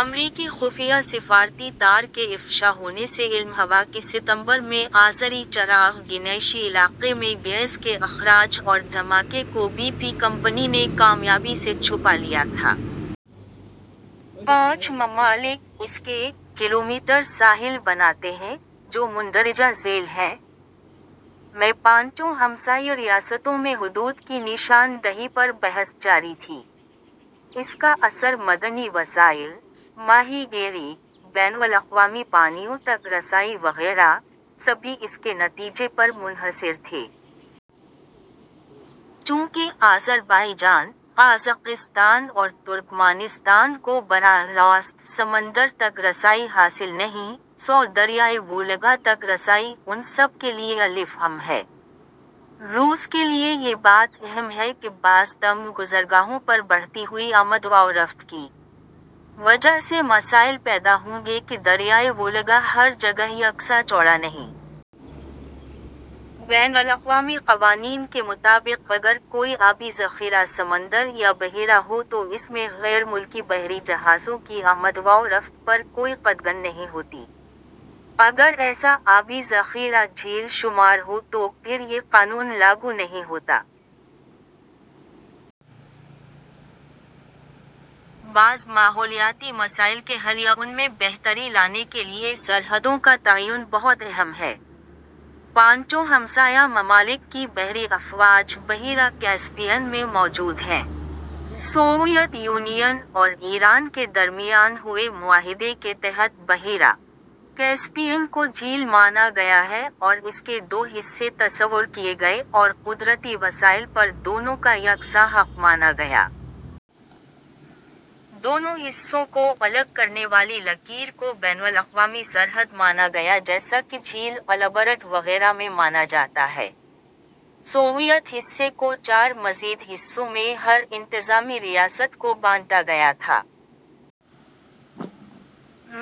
امریکی خفیہ سفارتی تار کے افشا ہونے سے علم ہوا کہ ستمبر میں آذری چراغ گنیشی علاقے میں گیس کے اخراج اور دھماکے کو بی پی کمپنی نے کامیابی سے چھپا لیا تھا۔ پانچ ممالک اس کے ، کلومیٹر ساحل بناتے ہیں جو مندرجہ ذیل ہیں: میں پانچوں ہمسائیہ ریاستوں میں حدود کی نشان دہی پر بحث جاری تھی۔ اس کا اثر معدنی وسائل ، ماہی گیری، بین الاقوامی پانیوں تک رسائی وغیرہ، سبھی اس کے نتیجے پر منحصر تھے۔ چونکہ آذربائیجان، قازقستان اور ترکمانستان کو براہ راست سمندر تک رسائی حاصل نہیں، سو دریائے وولگا تک رسائی ان سب کے لیے ا ہم ہے۔ روس کے لیے یہ بات اہم ہے کہ بعض تنگ گزرگاہوں پر بڑھتی ہوئی آمد و رفت کی وجہ سے مسائل پیدا ہوں گے کہ دریائے وولگا ہر جگہ یکساں چوڑا نہیں۔ بین الاقوامی قوانین کے مطابق اگر کوئی آبی ذخیرہ سمندر یا بحیرہ ہو تو اس میں غیر ملکی بحری جہازوں کی آمد و رفت پر کوئی قدغن نہیں ہوتی۔ اگر ایسا آبی ذخیرہ جھیل شمار ہو تو پھر یہ قانون لاگو نہیں ہوتا۔ بعض ماحولیاتی مسائل کے حل یا ان میں بہتری لانے کے لیے سرحدوں کا تعین بہت اہم ہے۔ پانچوں ہمسایہ ممالک کی بحری افواج بحیرہ کیسپیئن میں موجود ہیں۔ سوویت یونین اور ایران کے درمیان ہوئے معاہدے کے تحت بحیرہ کیسپیئن کو جھیل مانا گیا ہے اور اس کے دو حصے تصور کیے گئے اور قدرتی وسائل پر دونوں کا یکساں حق مانا گیا۔ دونوں حصوں کو الگ کرنے والی لکیر کو بین الاقوامی سرحد مانا گیا جیسا کہ جھیل البرٹ وغیرہ میں مانا جاتا ہے۔ سوویت حصے کو چار مزید حصوں میں ہر انتظامی ریاست کو بانٹا گیا تھا۔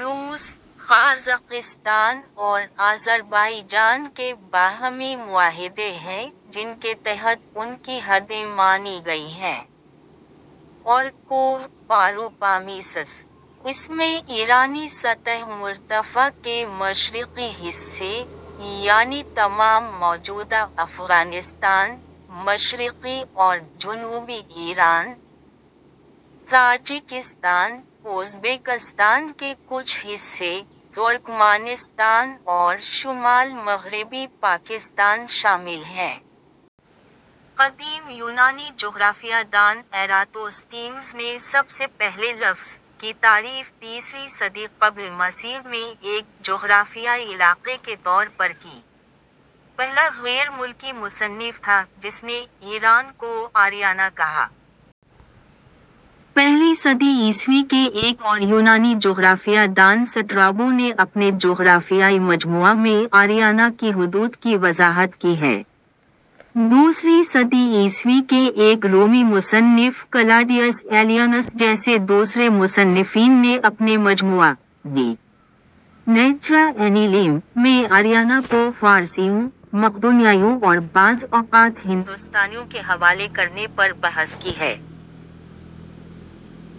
روس، قازقستان اور آذربائیجان کے باہمی معاہدے ہیں جن کے تحت ان کی حدیں مانی گئی ہیں۔ اور کوہ پاروپامیسس ۔ اس میں ایرانی سطح مرتفع کے مشرقی حصے، یعنی تمام موجودہ افغانستان ، مشرقی اور جنوبی ایران ، تاجکستان ، ازبکستان کے کچھ حصے، ترکمانستان اور شمال مغربی پاکستان شامل ہیں۔ قدیم یونانی جغرافیہ دان ایراتوستھینز نے سب سے پہلے لفظ ''' کی تعریف تیسری صدی قبل مسیح میں ایک جغرافیائی علاقے کے طور پر کی۔ پہلا غیر ملکی مصنف تھا جس نے ایران کو آریانا کہا۔ پہلی صدی عیسوی کے ایک اور یونانی جغرافیہ دان سٹرابو نے اپنے جغرافیائی مجموعہ میں آریانا کی حدود کی وضاحت کی ہے۔ دوسری صدی عیسوی کے ایک رومی مصنف کلاڈیئس ایلیئنس جیسے دوسرے مصنفین نے اپنے مجموعہ "ڈی نیچرا اینیلیم" میں آریانا کو فارسیوں، مقدونیائیوں اور بعض اوقات ہندوستانیوں کے حوالے کرنے پر بحث کی ہے۔